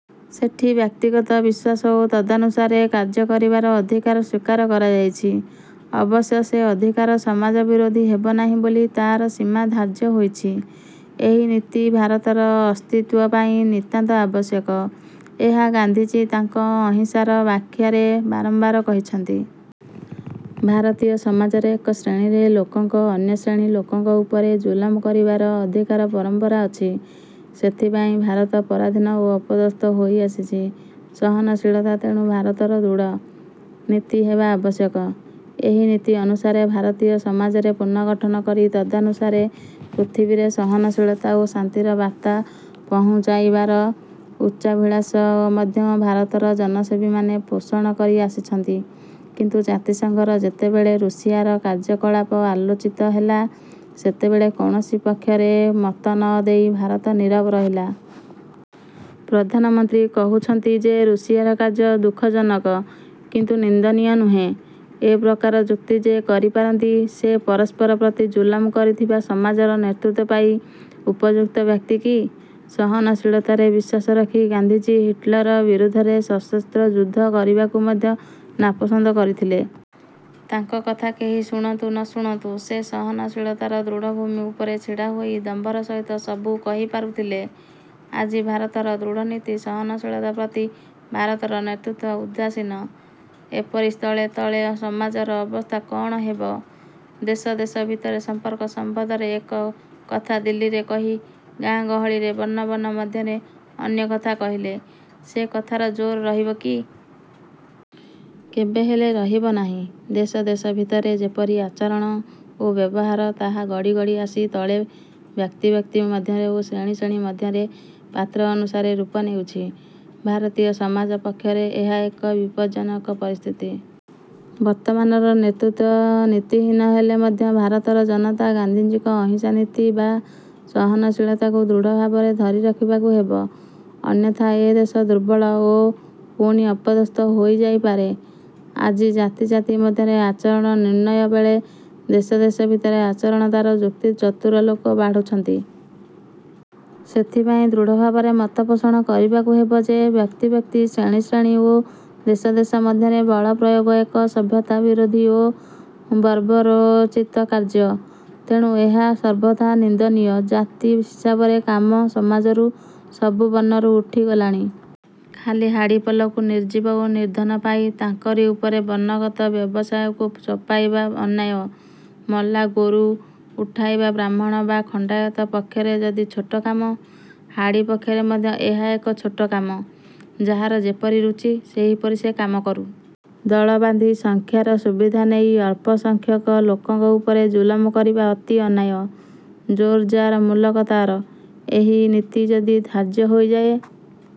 ସେଠି ବ୍ୟକ୍ତିଗତ ବିଶ୍ୱାସ ଓ ତଦନୁସାରେ କାର୍ଯ୍ୟ କରିବାର ଅଧିକାର ସ୍ୱୀକାର କରାଯାଇଛି। ଅବଶ୍ୟ ସେ ଅଧିକାର ସମାଜବିରୋଧୀ ହେବନାହିଁ ବୋଲି ତାର ସୀମା ଧାର୍ଯ୍ୟ ହୋଇଛି। ଏହି ନୀତି ଭାରତର ଅସ୍ତିତ୍ୱ ପାଇଁ ନିତାନ୍ତ ଆବଶ୍ୟକ। ଏହା ଗାନ୍ଧିଜୀ ତାଙ୍କ ଅହିଂସାର ବ୍ୟାଖ୍ୟାରେ ବାରମ୍ବାର କହିଛନ୍ତି। ଭାରତୀୟ ସମାଜରେ ଏକ ଶ୍ରେଣୀର ଲୋକଙ୍କ ଅନ୍ୟ ଶ୍ରେଣୀ ଲୋକଙ୍କ ଉପରେ ଜୁଲମ କରିବାର ଅଧିକାର ପରମ୍ପରା ଅଛି। ସେଥିପାଇଁ ଭାରତ ପରାଧୀନ ଓ ଅପଦସ୍ଥ ହୋଇଆସିଛି। ସହନଶୀଳତା ତେଣୁ ଭାରତର ଦୃଢ଼। ନୀତି ହେବା ଆବଶ୍ୟକ। ଏହି ନୀତି ଅନୁସାରେ ଭାରତୀୟ ସମାଜର ପୁନର୍ଗଠନ କରି ତଦନୁସାରେ ପୃଥିବୀରେ ସହନଶୀଳତା ଓ ଶାନ୍ତିର ବାର୍ତ୍ତା ପହୁଞ୍ଚାଇବାର ଉଚ୍ଚାଭିଳାଷ ମଧ୍ୟ ଭାରତର ଜନସେବୀମାନେ ପୋଷଣ କରିଆସିଛନ୍ତି; କିନ୍ତୁ ଜାତିସଂଘରେ ଯେତେବେଳେ ରୁଷିଆର କାର୍ଯ୍ୟକଳାପ ଆଲୋଚିତ ହେଲା, ସେତେବେଳେ କୌଣସି ପକ୍ଷରେ ମତ ନ ଦେଇ ଭାରତ ନୀରବ ରହିଲା। ପ୍ରଧାନମନ୍ତ୍ରୀ କହୁଛନ୍ତି ଯେ ରୁଷିଆର କାର୍ଯ୍ୟ ଦୁଃଖଜନକ; କିନ୍ତୁ ନିନ୍ଦନୀୟ ନୁହେଁ-। ଏପ୍ରକାର ଯୁକ୍ତି ଯେ କରିପାରନ୍ତି, ସେ ପରସ୍ପର ପ୍ରତି ଜୁଲମ କରୁଥିବା ସମାଜର ନେତୃତ୍ୱ ପାଇଁ ଉପଯୁକ୍ତ ବ୍ୟକ୍ତି କି? ସହନଶୀଳତାରେ ବିଶ୍ୱାସ ରଖି ଗାନ୍ଧିଜୀ ହିଟ୍ଲର ବିରୋଧରେ ସଶସ୍ତ୍ର ଯୁଦ୍ଧ କରିବାକୁ ମଧ୍ୟ ନାପସନ୍ଦ କରିଥିଲେ। ତାଙ୍କ କଥା କେହି ଶୁଣନ୍ତୁ ନ ଶୁଣନ୍ତୁ ସେ ସହନଶୀଳତାର ଦୃଢ଼ଭୂମି ଉପରେ ଛିଡ଼ାହୋଇ ଦମ୍ଭର ସହିତ ସବୁ କହିପାରୁଥିଲେ। ଆଜି ଭାରତର ଦୃଢ଼ ନୀତି ସହନଶୀଳତା ପ୍ରତି ଭାରତର ନେତୃତ୍ୱ ଉଦାସୀନ। ଏପରି ସ୍ଥଳେ ତଳେ ସମାଜର ଅବସ୍ଥା କଅଣ ହେବ? ଦେଶ ଦେଶ ଭିତରେ ସମ୍ପର୍କ ସମ୍ବନ୍ଧରେ ଏକ କଥା ଦିଲ୍ଲୀରେ କହି, ଗାଁ ଗହଳିରେ ବର୍ଣ୍ଣ ବର୍ଣ୍ଣ ମଧ୍ୟରେ ଅନ୍ୟ କଥା କହିଲେ, ସେ କଥାର ଜୋର ରହିବ କି? କେବେ ହେଲେ ରହିବ ନାହିଁ-। ଦେଶ ଦେଶ ଭିତରେ ଯେପରି ଆଚରଣ ଓ ବ୍ୟବହାର ତାହା ଗଡ଼ି ଗଡ଼ି ଆସି ତଳେ ବ୍ୟକ୍ତି ବ୍ୟକ୍ତି ମଧ୍ୟରେ ଓ ଶ୍ରେଣୀ ଶ୍ରେଣୀ ମଧ୍ୟରେ ପାତ୍ର ଅନୁସାରେ ରୂପ ନେଉଛି-। ଭାରତୀୟ ସମାଜ ପକ୍ଷରେ ଏହା ଏକ ବିପଜ୍ଜନକ ପରିସ୍ଥିତି। ବର୍ତ୍ତମାନର ନେତୃତ୍ୱ ନୀତିହୀନ ହେଲେ ମଧ୍ୟ ଭାରତର ଜନତା ଗାନ୍ଧିଜୀଙ୍କ ଅହିଂସା ନୀତି ବା ସହନଶୀଳତାକୁ ଦୃଢ଼ ଭାବରେ ଧରି ରଖିବାକୁ ହେବ-। ଅନ୍ୟଥା ଏ ଦେଶ ଦୁର୍ବଳ ଓ ପୁଣି ଅପଦସ୍ଥ ହୋଇଯାଇପାରେ। ଆଜି ଜାତି ଜାତି ମଧ୍ୟରେ ଆଚରଣ ନିର୍ଣ୍ଣୟବେଳେ ଦେଶ ଦେଶ ଭିତରେ ଆଚରଣତାର ଯୁକ୍ତି ଚତୁର ଲୋକେ ବାଢ଼ୁଛନ୍ତି। ସେଥିପାଇଁ ଦୃଢ଼ଭାବରେ ମତ ପୋଷଣ କରିବାକୁ ହେବ ଯେ ବ୍ୟକ୍ତି ବ୍ୟକ୍ତି, ଶ୍ରେଣୀ ଶ୍ରେଣୀ ଓ ଦେଶ ଦେଶ ମଧ୍ୟରେ ବଳ ପ୍ରୟୋଗ ଏକ ସଭ୍ୟତା ବିରୋଧୀ ଓ ବର୍ବରୋଚିତ କାର୍ଯ୍ୟ। ତେଣୁ ଏହା ସର୍ବଥା 'ନିନ୍ଦନୀୟ' ଜାତି ହିସାବରେ କାମ ସମାଜରୁ ସବୁ ବର୍ଣ୍ଣରୁ ଉଠିଗଲାଣି। ଖାଲି ହାଡ଼ିପଲକୁ ନିର୍ଜୀବ ଓ ନିର୍ଦ୍ଧନ ପାଇ ତାଙ୍କରି ଉପରେ ବର୍ଣ୍ଣଗତ ବ୍ୟବସାୟକୁ ଚପାଇବା ଅନ୍ୟାୟ। ମଲା ଗୋରୁ ଉଠାଇବା ବ୍ରାହ୍ମଣ ବା ଖଣ୍ଡାୟତ ପକ୍ଷରେ ଯଦି ଛୋଟ କାମ, ହାଡ଼ି ପକ୍ଷରେ ମଧ୍ୟ ଏହା ଏକ ଛୋଟ କାମ। ଯାହାର ଯେପରି ରୁଚି ସେହିପରି ସେ କାମ କରୁ। ଦଳ ବାନ୍ଧି ସଂଖ୍ୟାର ସୁବିଧା ନେଇ ଅଳ୍ପସଂଖ୍ୟକ ଲୋକଙ୍କ ଉପରେ ଜୁଲମ କରିବା ଅତି ଅନ୍ୟାୟ। ଜୋର୍ ଯା'ର ମୁଲକ ତା'ର ଏହି ନୀତି ଯଦି ଧାର୍ଯ୍ୟ ହୋଇଯାଏ,